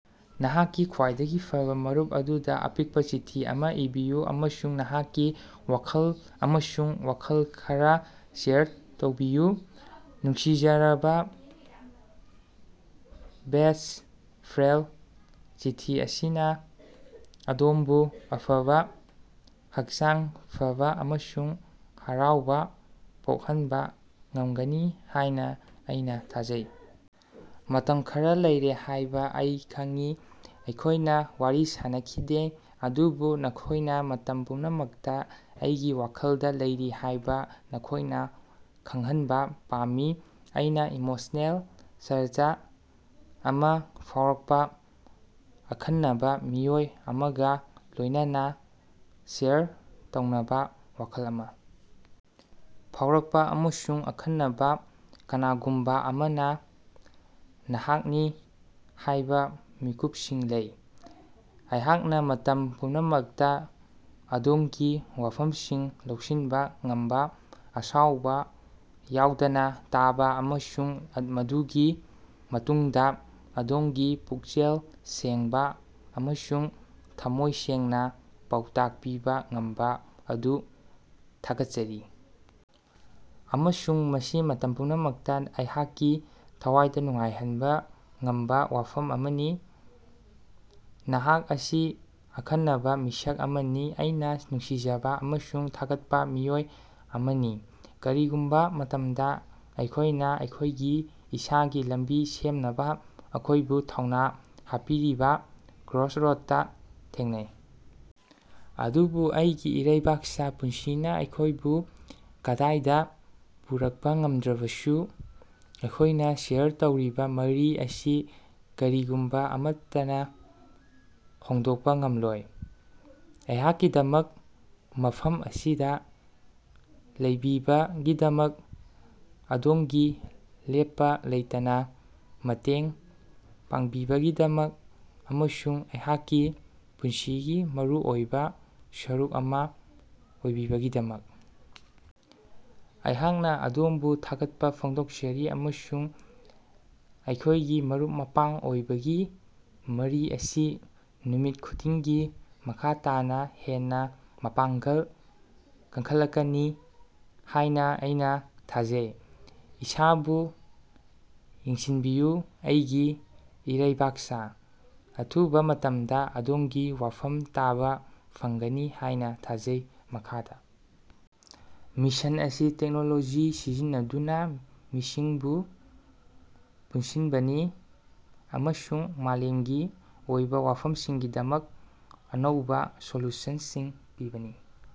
ꯅꯍꯥꯛꯀꯤ ꯈ꯭ꯋꯥꯏꯗꯒꯤ ꯐꯕꯥ ꯃꯔꯨꯞ ꯑꯗꯨꯗ ꯑꯄꯤꯛꯄ ꯆꯤꯊꯤ ꯑꯃ ꯏꯕꯤꯌꯨ ꯑꯃꯁꯨꯡ ꯅꯍꯥꯛꯀꯤ ꯋꯥꯈꯜ ꯑꯃꯁꯨꯡ ꯋꯥꯈꯜ ꯈꯔꯥ ꯁꯦꯌꯔ ꯇꯧꯕꯤꯌꯨ꯫ ꯅꯨꯡꯁꯤꯖꯔꯕꯥ ꯕꯦꯁ꯭ꯠ ꯐ꯭ꯔꯦꯟꯗ, ꯆꯤꯊꯤ ꯑꯁꯤꯅ ꯑꯗꯣꯝꯕꯨ ꯑꯐꯕ ꯍꯛꯆꯥꯡ ꯐꯕꯥ ꯑꯃꯁꯨꯡ ꯍꯔꯥꯎꯕ ꯄꯣꯛꯍꯟꯕ ꯉꯝꯒꯅꯤ ꯍꯥꯏꯅ ꯑꯩꯅ ꯊꯥꯖꯩ꯫ ꯃꯇꯝ ꯈꯔꯥ ꯂꯩꯔꯦ ꯍꯥꯏꯕ ꯑꯩ ꯈꯪꯏ, ꯑꯩꯈꯣꯏꯅ ꯋꯥꯔꯤ ꯁꯥꯅꯈꯤꯗꯦ, ꯑꯗꯨꯕꯨ ꯅꯈꯣꯏꯅ ꯃꯇꯝ ꯄꯨꯝꯅꯃꯛꯇ ꯑꯩꯒꯤ ꯋꯥꯈꯜꯗ ꯂꯩꯔꯤ ꯍꯥꯏꯕ ꯅꯈꯣꯏꯅ ꯈꯉꯪꯍꯟꯕ ꯄꯥꯝꯃꯤ꯫ ꯑꯩꯅ ꯏꯃꯣꯁꯅꯦꯜ ꯁꯔꯖ ꯑꯃ ꯐꯥꯎꯔꯛꯄ, ꯑꯈꯟꯅꯕ ꯃꯤꯑꯣꯏ ꯑꯃꯒ ꯂꯣꯏꯅꯅꯥ ꯁꯦꯌꯔ ꯇꯧꯅꯕꯥ ꯋꯥꯈꯜ ꯑꯃ ꯐꯥꯎꯔꯛꯄ, ꯑꯃꯁꯨꯡ ꯑꯈꯟꯅꯕ ꯀꯅꯥꯒꯨꯝꯕ ꯑꯃꯅ ꯅꯍꯥꯛꯅꯤ ꯍꯥꯏꯕ ꯃꯤꯀꯨꯞꯁꯤꯡ ꯂꯩ꯫ ꯑꯩꯍꯥꯛꯅ ꯃꯇꯝ ꯄꯨꯝꯅꯃꯛꯇ ꯑꯗꯣꯝꯒꯤ ꯋꯥꯐꯝꯁꯤꯡ ꯂꯧꯁꯤꯟꯕ ꯉꯝꯕ, ꯑꯁꯥꯎꯕ ꯌꯥꯎꯗꯅ ꯇꯥꯕ ꯑꯃꯁꯨꯡ ꯃꯗꯨꯒꯤ ꯃꯇꯨꯡꯗ ꯑꯗꯣꯝꯒꯤ ꯄꯨꯛꯆꯦꯜ ꯁꯦꯡꯕ ꯑꯃꯁꯨꯡ ꯊꯝꯃꯣꯏ ꯁꯦꯡꯅ ꯄꯥꯎꯇꯥꯛ ꯄꯤꯕ ꯉꯝꯕ ꯑꯗꯨ ꯊꯥꯒꯠꯆꯔꯤ, ꯑꯃꯁꯨꯡ ꯃꯁꯤ ꯃꯇꯝ ꯄꯨꯝꯅꯃꯛꯇ ꯑꯩꯍꯥꯛꯀꯤ ꯊꯋꯥꯏꯗ ꯅꯨꯡꯉꯥꯏꯍꯟꯕ ꯉꯝꯕ ꯋꯥꯐꯝ ꯑꯃꯅꯤ꯫ ꯅꯍꯥꯛ ꯑꯁꯤ ꯑꯈꯟꯅꯕ ꯃꯤꯁꯛ ꯑꯃꯅꯤ, ꯑꯩꯅ ꯅꯨꯡꯁꯤꯖꯕ ꯑꯃꯁꯨꯡ ꯊꯥꯒꯠꯄ ꯃꯤꯑꯣꯏ ꯑꯃꯅꯤ꯫ ꯀꯔꯤꯒꯨꯝꯕ ꯃꯇꯝꯗ, ꯑꯩꯈꯣꯏꯅ ꯑꯩꯈꯣꯏꯒꯤ ꯏꯁꯥꯒꯤ ꯂꯝꯕꯤ ꯁꯦꯝꯅꯕ ꯑꯩꯈꯣꯏꯕꯨ ꯊꯧꯅ ꯍꯥꯞꯄꯤꯔꯤꯕ ꯀ꯭ꯔꯣꯁꯔꯣꯗꯇꯥ ꯊꯦꯡꯅꯩ, ꯑꯗꯨꯕꯨ ꯑꯩꯒꯤ ꯏꯔꯩꯕꯥꯛꯁꯥ, ꯄꯨꯟꯁꯤꯅ ꯑꯩꯈꯣꯏꯕꯨ ꯀꯗꯥꯏꯗ ꯄꯨꯔꯛꯄ ꯉꯝꯗ꯭ꯔꯕꯁꯨ, ꯑꯩꯈꯣꯏꯅ ꯁꯦꯌꯔ ꯇꯧꯔꯤꯕ ꯃꯔꯤ ꯑꯁꯤ ꯀꯔꯤꯒꯨꯝꯕ ꯑꯃꯠꯇꯅꯥ ꯍꯣꯡꯗꯣꯛꯄ ꯉꯝꯂꯣꯏ꯫ ꯑꯩꯍꯥꯛꯀꯤꯗꯃꯛ ꯃꯐꯝ ꯑꯁꯤꯗ ꯂꯩꯕꯤꯕꯒꯤꯗꯃꯛ, ꯑꯗꯣꯝꯒꯤ ꯂꯦꯞꯄ ꯂꯩꯇꯅꯥ ꯃꯇꯦꯡ ꯄꯥꯡꯕꯤꯕꯒꯤꯗꯃꯛ, ꯑꯃꯁꯨꯡ ꯑꯩꯍꯥꯛꯀꯤ ꯄꯨꯟꯁꯤꯒꯤ ꯃꯔꯨꯑꯣꯏꯕ ꯁꯔꯨꯛ ꯑꯃ ꯑꯣꯏꯕꯤꯕꯒꯤꯗꯃꯛ ꯑꯩꯍꯥꯛꯅ ꯑꯗꯣꯝꯕꯨ ꯊꯥꯒꯠꯄ ꯐꯣꯡꯗꯣꯛꯆꯔꯤ꯫ ꯑꯃꯁꯨꯡ ꯑꯩꯈꯣꯏꯒꯤ ꯃꯔꯨꯞ-ꯃꯄꯥꯡ ꯑꯣꯏꯕꯒꯤ ꯃꯔꯤ ꯑꯁꯤ ꯅꯨꯃꯤꯠ ꯈꯨꯗꯤꯡꯒꯤ ꯃꯈꯥ ꯇꯥꯅ ꯍꯦꯟꯅ ꯃꯄꯥꯡꯒꯜ ꯀꯟꯈꯠꯂꯛꯀꯅꯤ ꯍꯥꯏꯅ ꯑꯩꯅ ꯊꯥꯖꯩ꯫ ꯏꯁꯥꯕꯨ ꯌꯦꯡꯁꯤꯟꯕꯤꯌꯨ ꯑꯩꯒꯤ ꯏꯔꯩꯕꯥꯛꯁꯥ꯫ ꯑꯊꯨꯕ ꯃꯇꯝꯗ ꯑꯗꯣꯝꯒꯤ ꯋꯥꯐꯝ ꯇꯥꯕ ꯐꯪꯒꯅꯤ ꯍꯥꯏꯅ ꯊꯥꯖꯩ꯫ ꯃꯈꯥꯗ ꯃꯤꯁꯟ ꯑꯁꯤ ꯇꯦꯛꯅꯣꯂꯣꯖꯤ ꯁꯤꯖꯤꯟꯅꯗꯨꯅ ꯃꯤꯁꯤꯡꯕꯨ ꯄꯨꯟꯁꯤꯟꯕꯅꯤ, ꯑꯃꯁꯨꯡ ꯃꯥꯂꯦꯝꯒꯤ ꯑꯣꯏꯕ ꯋꯥꯐꯝꯁꯤꯡꯒꯤꯗꯃꯛ ꯑꯅꯧꯕ ꯁꯣꯂꯨꯁꯟꯁꯤꯡ ꯄꯤꯕꯅꯤ꯫